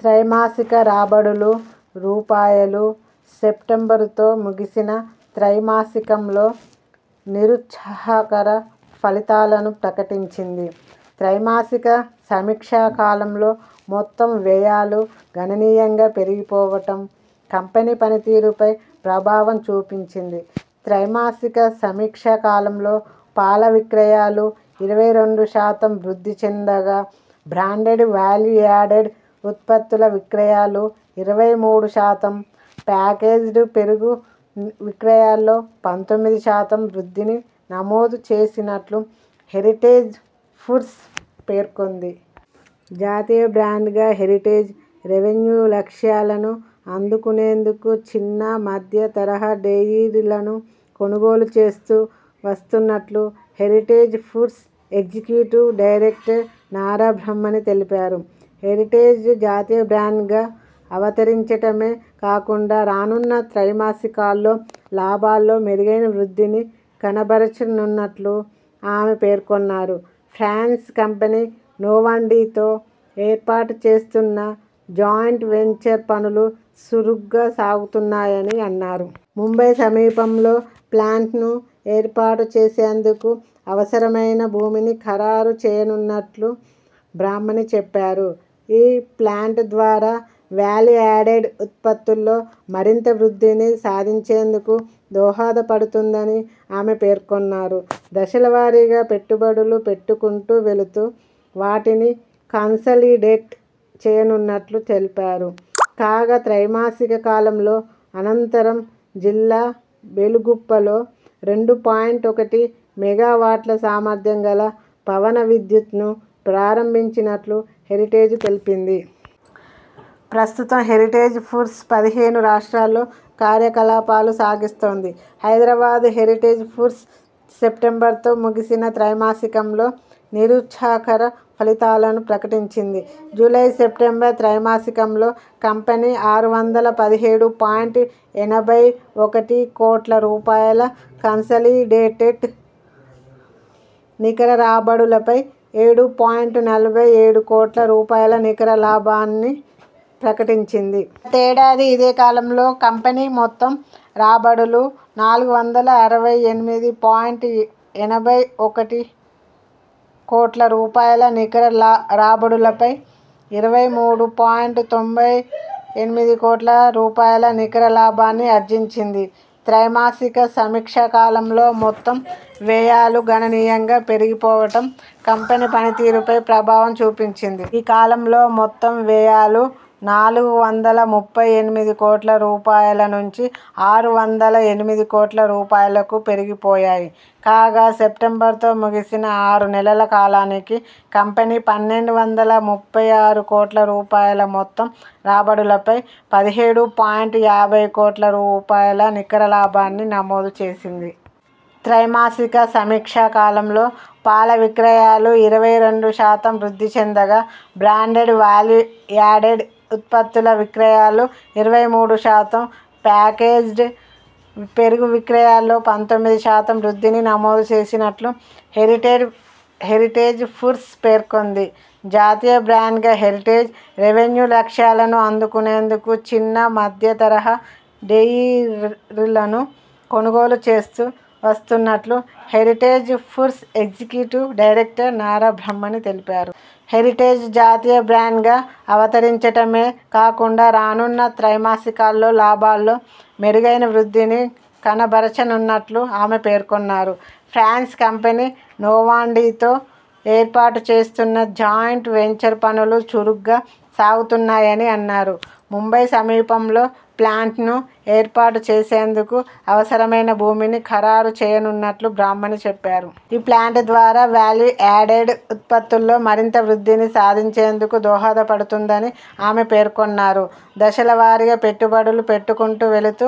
త్రైమాసిక రాబడులు, రూపాయలు, సెప్టెంబరుతో ముగిసిన త్రైమాసికంలో నిరుత్సాహకర ఫలితాలను ప్రకటించింది. త్రైమాసిక సమీ క్షా కాలంలో మొత్తం వ్యయాలు గణనీయంగా పెరిగిపోవటం కంపెనీ పనితీరుపై ప్రభావం చూపించింది. త్రైమాసిక సమీక్షా కాలంలో పాల విక్రయాలు ఇరవై రెండు శాతం వృద్ధి చెందగా బ్రాండెడ్ వాల్యూ యాడెడ్ ఉత్పత్తుల విక్రయాలు ఇరవై మూడు శాతం, ప్యాకేజ్డ్ పెరుగు వి విక్రయాల్లో పంతొమ్మిది శాతం వృద్ధిని నమోదు చేసినట్లు హెరిటేజ్ ఫుడ్స్ పేర్కొంది. జాతీయ బ్రాండ్గా హెరిటేజ్.. రెవెన్యూ లక్ష్యాలను అందుకునేందుకు చిన్న, మధ్యతరహా డెయిరీరీలను కొనుగోలు చేస్తూ వస్తున్నట్లు Heritage Foods executive director Nara Brahmani తెలిపారు. హెరిటేజ్ జాతీయ బ్రాండ్గా అవతరించటమే కాకుండా రానున్న త్రైమాసికాల్లో లాభాల్లో మెరుగైన వృద్ధిని కనబరచనున్నట్లు ఆమె పేర్కొన్నారు. ఫ్రాన్స్ కంపెనీ నొవాండీతో ఏర్పాటు చేస్తున్న జాయింట్ వెంచర్ పనులు సురుగ్గా సాగుతున్నాయని అన్నారు. ముంబై సమీపంలో ప్లాంట్ను ఏర్పాటు చేసేందుకు అవసరమైన భూమిని ఖరారు చేయనున్నట్లు బ్రాహ్మణి చెప్పారు. ఈ ప్లాంట్ ద్వారా వాల్యూ యాడెడ్ ఉత్పత్తుల్లో మరింత వృద్ధిని సాధించేందుకు దోహదపడుతుందని ఆమె పేర్కొన్నారు. దశలవారీగా పెట్టుబడులు పెట్టుకుంటూ వెళుతూ వాటిని కన్సాలిడేట్ చేయనున్నట్లు తెలిపారు. కాగా త్రైమాసిక కాలంలో అనంతరం జిల్లా బెలుగుప్పలో రెండు పాయింట్ ఒకటి మెగావాట్ల సామర్థ్యం గల పవన విద్యుత్ను ప్రారంభించినట్లు హెరిటేజ్ తెలిపింది. ప్రస్తుతం హెరిటేజ్ ఫుడ్స్ పదిహేను రాష్ట్రాల్లో కార్యకలాపాలు సాగిస్తోంది. హైదరాబాద్ హెరిటేజ్ ఫుడ్స్.. సెప్టెంబరుతో ముగిసిన త్రైమాసికంలో నిరుత్సాహకర ఫలితాలను ప్రకటించింది. జూలై-సెప్టెంబరు త్రైమాసికంలో కంపెనీ ఆరు వందల పదిహేడు పాయింట్ ఎనభై ఒకటి కోట్ల రూపాయల కన్సాలిడేటెడ్ నికర రాబడులపై ఏడు పాయింట్ నలభై ఏడు కోట్ల రూపాయల నికర లా భాన్ని ప్రకటించింది. గత ఏడాది ఇదేకాలంలో కంపెనీ మొత్తం రాబడులు నాలుగు వందల అరవై ఎనిమిది పాయింట్ ఎ ఎనభై ఒకటి కోట్ల రూపాయల నికర ల రాబడులపై ఇరవై మూడు పాయింట్ తొంభై ఎనిమిది కోట్ల రూపాయల నికర లాభాన్ని ఆర్జించింది. త్రైమాసిక సమీ క్షా కాలంలో మొత్తం వ్యయాలు గణనీయంగా పెరిగిపోవటం కంపెనీ పనితీరుపై ప్రభావం చూపించింది. ఈ కాలంలో మొత్తం వ్యయాలు నాలుగు వందల ముప్పై ఎనిమిది కోట్ల రూపాయల నుంచి ఆరు వందల ఎనిమిది కోట్ల రూపాయలకు పెరిగిపోయాయి. కాగా సెప్టెంబరుతో ముగిసిన ఆరు నెలల కాలానికి కంపెనీ పన్నెండు వందల ముప్పై ఆరు కోట్ల రూపాయల మొత్తం రాబడులపై పదిహేడు పాయింట్ యాభై కోట్ల రూపాయల నికర లాభాన్ని నమోదు చేసింది. త్రైమాసిక సమీక్షా కాలంలో పాల విక్రయాలు ఇరవై రెండు శాతం వృద్ధి చెందగా బ్రాండెడ్ వాల్యూ యాడెడ్ ఉత్పత్తుల విక్రయాలు ఇరవై మూడు శాతం, ప్యాకేజ్డ్ పెరుగు విక్రయాల్లో పంతొమ్మిది శాతం వృద్ధిని నమోదు చేసినట్లు హెరిటేర్ హెరిటేజ్ ఫుడ్స్ పేర్కొంది. జాతీయ బ్రాండ్గా హెరిటేజ్.. రెవెన్యూ లక్ష్యాలను అందుకునేందుకు చిన్న, మధ్యతరహా డెయిరీలను కొనుగోలు చేస్తూ వస్తున్నట్లు Heritage Foods executive director Nara Brahmani తెలిపారు. హెరిటేజ్ జాతీయ బ్రాండ్గా అవతరించటమే కాకుండా రానున్న త్రైమాసికాల్లో లాభాల్లో మెరుగైన వృద్ధిని కనబరచనున్నట్లు ఆమె పేర్కొన్నారు. ఫ్రాన్స్ కంపెనీ నొవాండీతో ఏర్పాటు చేస్తున్న జాయింట్ వెంచర్ పనులు చురుగ్గా సాగుతున్నాయని అన్నారు. ముంబై సమీపంలో ప్లాంట్ను ఏర్పాటు చేసేందుకు అవసరమైన భూమిని ఖరారు చేయనున్నట్లు బ్రాహ్మణి చెప్పారు. ఈ ప్లాంట్ ద్వారా వాల్యూ యాడెడ్ ఉత్పత్తుల్లో మరింత వృద్ధిని సాధించేందుకు దోహదపడుతుందని ఆమె పేర్కొన్నారు. దశలవారీగా పెట్టుబడులు పెట్టుకుంటూ వెళుతూ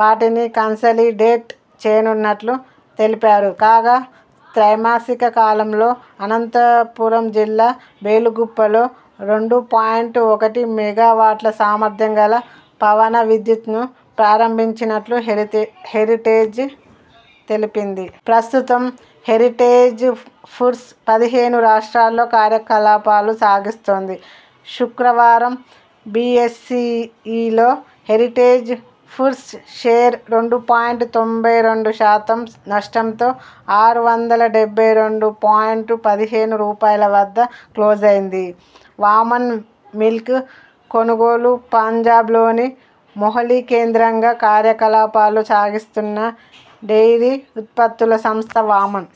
వాటిని కన్సాలిడేట్ చేయనున్నట్లు తెలిపారు. కాగా త్రైమాసిక కాలంలో అనంతపురం జిల్లా బెలుగుప్పలో రెండు పాయింట్ ఒకటి మెగావాట్ల సామర్థ్యం గల పవన విద్యుత్ను ప్రారంభించినట్లు హెరితే హెరిటేజ్ తెలిపింది. ప్రస్తుతం హెరిటేజ్ ఫుడ్స్ పదిహేను రాష్ట్రాల్లో కార్యకలాపాలు సాగిస్తోంది. శుక్రవారం బిఎ్సఇఇలో హెరిటేజ్ ఫుడ్స్ షేరు రెండు పాయింట్ తొంభై రెండు శాతం స్ నష్టంతో ఆరు వందల డెబ్బై రెండు పాయింట్ పదిహేను రూపాయల వద్ద క్లోజైంది. వామన్ మిల్క్ కొనుగోలుపంజాబ్లోని మొహాలీ కేంద్రంగా కార్యకలాపాలు సాగిస్తున్న డెయిరీ ఉత్పత్తుల సంస్థ వామన్.